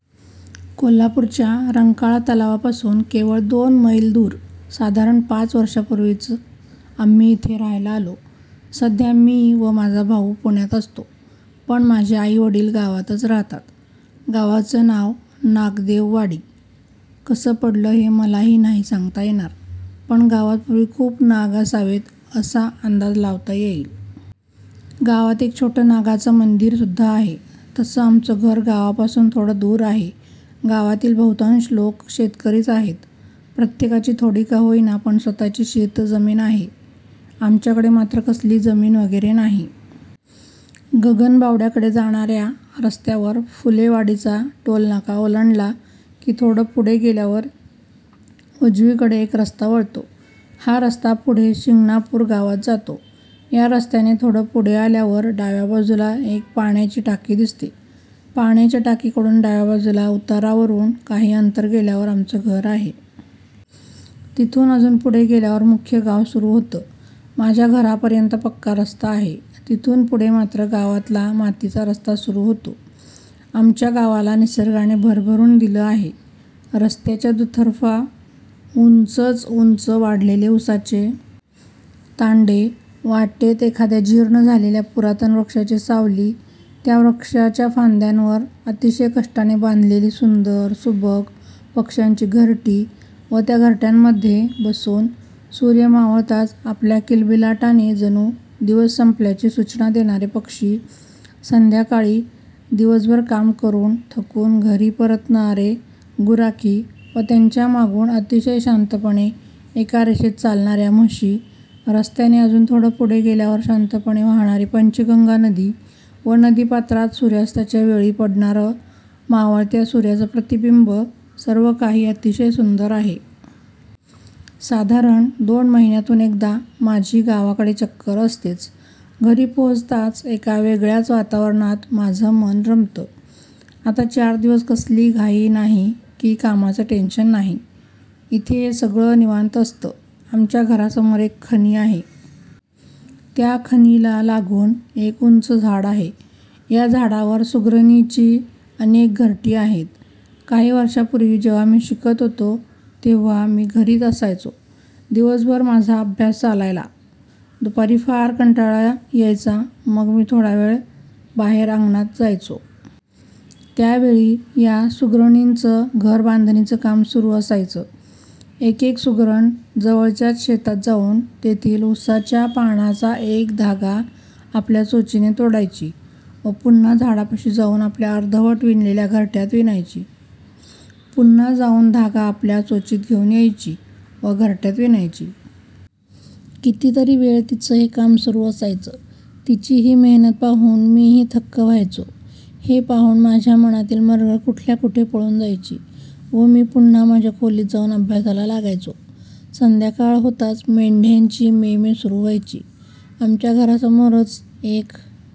कोल्हापूरच्या रंकाळा तलावापासून केवळ दोन मैल दूर. साधारण पाच वर्षांपूर्वीच आम्ही इथे राहायला आलो. सध्या मी व माझा भाऊ पुण्यात असतो पण माझे आई वडील गावातच राहतात. गावाचं नाव नागदेववाडी कसं पडलं हे मलाही नाही सांगता येणार पण गावात पूर्वी खूप नाग असावेत असा अंदाज लावता येईल. गावात एक छोटं नागाचं मंदिर सुद्धा आहे. तसं आमचं घर गावापासून थोडं दूर आहे. गावातील बहुतांश लोक शेतकरीच आहेत. प्रत्येकाची थोडी का होईना पण स्वतःची शेतजमीन आहे. आमच्याकडे मात्र कसली जमीन वगैरे नाही. गगनबावड्याकडे जाणाऱ्या रस्त्यावर फुलेवाडीचा टोलनाका ओलांडला की थोडं पुढे गेल्यावर उजवीकडे एक रस्ता वळतो. हा रस्ता पुढे शिंगणापूर गावात जातो. या रस्त्याने थोडं पुढे आल्यावर डाव्या बाजूला एक पाण्याची टाकी दिसते. पाण्याच्या टाकीकडून डाव्याबाजूला उतारावरून काही अंतर गेल्यावर आमचं घर आहे. तिथून अजून पुढे गेल्यावर मुख्य गाव सुरू होतं. माझ्या घरापर्यंत पक्का रस्ता आहे. तिथून पुढे मात्र गावातला मातीचा रस्ता सुरू होतो. आमच्या गावाला निसर्गाने भरभरून दिलं आहे. रस्त्याच्या दुतर्फा उंचच उंच वाढलेले उसाचे तांडे, वाटेत एखाद्या जीर्ण झालेल्या पुरातन वृक्षाची सावली, त्या वृक्षाच्या फांद्यांवर अतिशय कष्टाने बांधलेली सुंदर, सुबक पक्ष्यांची घरटी व त्या घरट्यांमध्ये बसून सूर्य मावळताच आपल्या किलबिलाटाने जणू दिवस संपल्याची सूचना देणारे पक्षी, संध्याकाळी दिवसभर काम करून थकून घरी परतणारे गुराखी व त्यांच्या मागून अतिशय शांतपणे एका रेषेत चालणाऱ्या म्हशी, रस्त्याने अजून थोडं पुढे गेल्यावर शांतपणे वाहणारी पंचगंगा नदी व नदीपात्रात सूर्यास्ताच्या वेळी पडणारं मावळत्या सूर्याचं प्रतिबिंब, सर्वकाही अतिशय सुंदर आहे. साधारण दोन महिन्यातून एकदा माझी गावाकडे चक्कर असतेच. घरी पोहोचताच एका वेगळ्याच वातावरणात माझं मन रमतं. आता चार दिवस कसली घाई नाही की कामाचं टेन्शन नाही. इथे सगळं निवांत असतं. आमच्या घरासमोर एक खणी आहे. त्या खणीला लागून एक उंच झाड आहे. या झाडावर सुग्रणीची अनेक घरटी आहेत. काही वर्षांपूर्वी जेव्हा मी शिकत होतो तेव्हा मी घरीच असायचो. दिवसभर माझा अभ्यास चालायला. दुपारी फार कंटाळा यायचा मग मी थोडा वेळ बाहेर अंगणात जायचो. त्यावेळी या सुग्रणींचं घरबांधणीच काम सुरू असायचं. एकेक सुगरण जवळच्याच शेतात जाऊन तेथील उसाच्या पानाचा एक धागा आपल्या चोचीने तोडायची व पुन्हा झाडापाशी जाऊन आपल्या अर्धवट विणलेल्या घरट्यात विणायची. पुन्हा जाऊन धागा आपल्या चोचीत घेऊन यायची व घरट्यात विणायची. कितीतरी वेळ तिचं हे काम सुरू असायचं. तिची ही मेहनत पाहून मीही थक्क व्हायचो. हे पाहून माझ्या मनातील मरगळ कुठल्याकुठे पळून जायची व मी पुन्हा माझ्या खोलीत जाऊन अभ्यासाला लागायचो. संध्याकाळ होताच मेंढ्यांची मेमे सुरू व्हायची. आमच्या घरासमोरच एक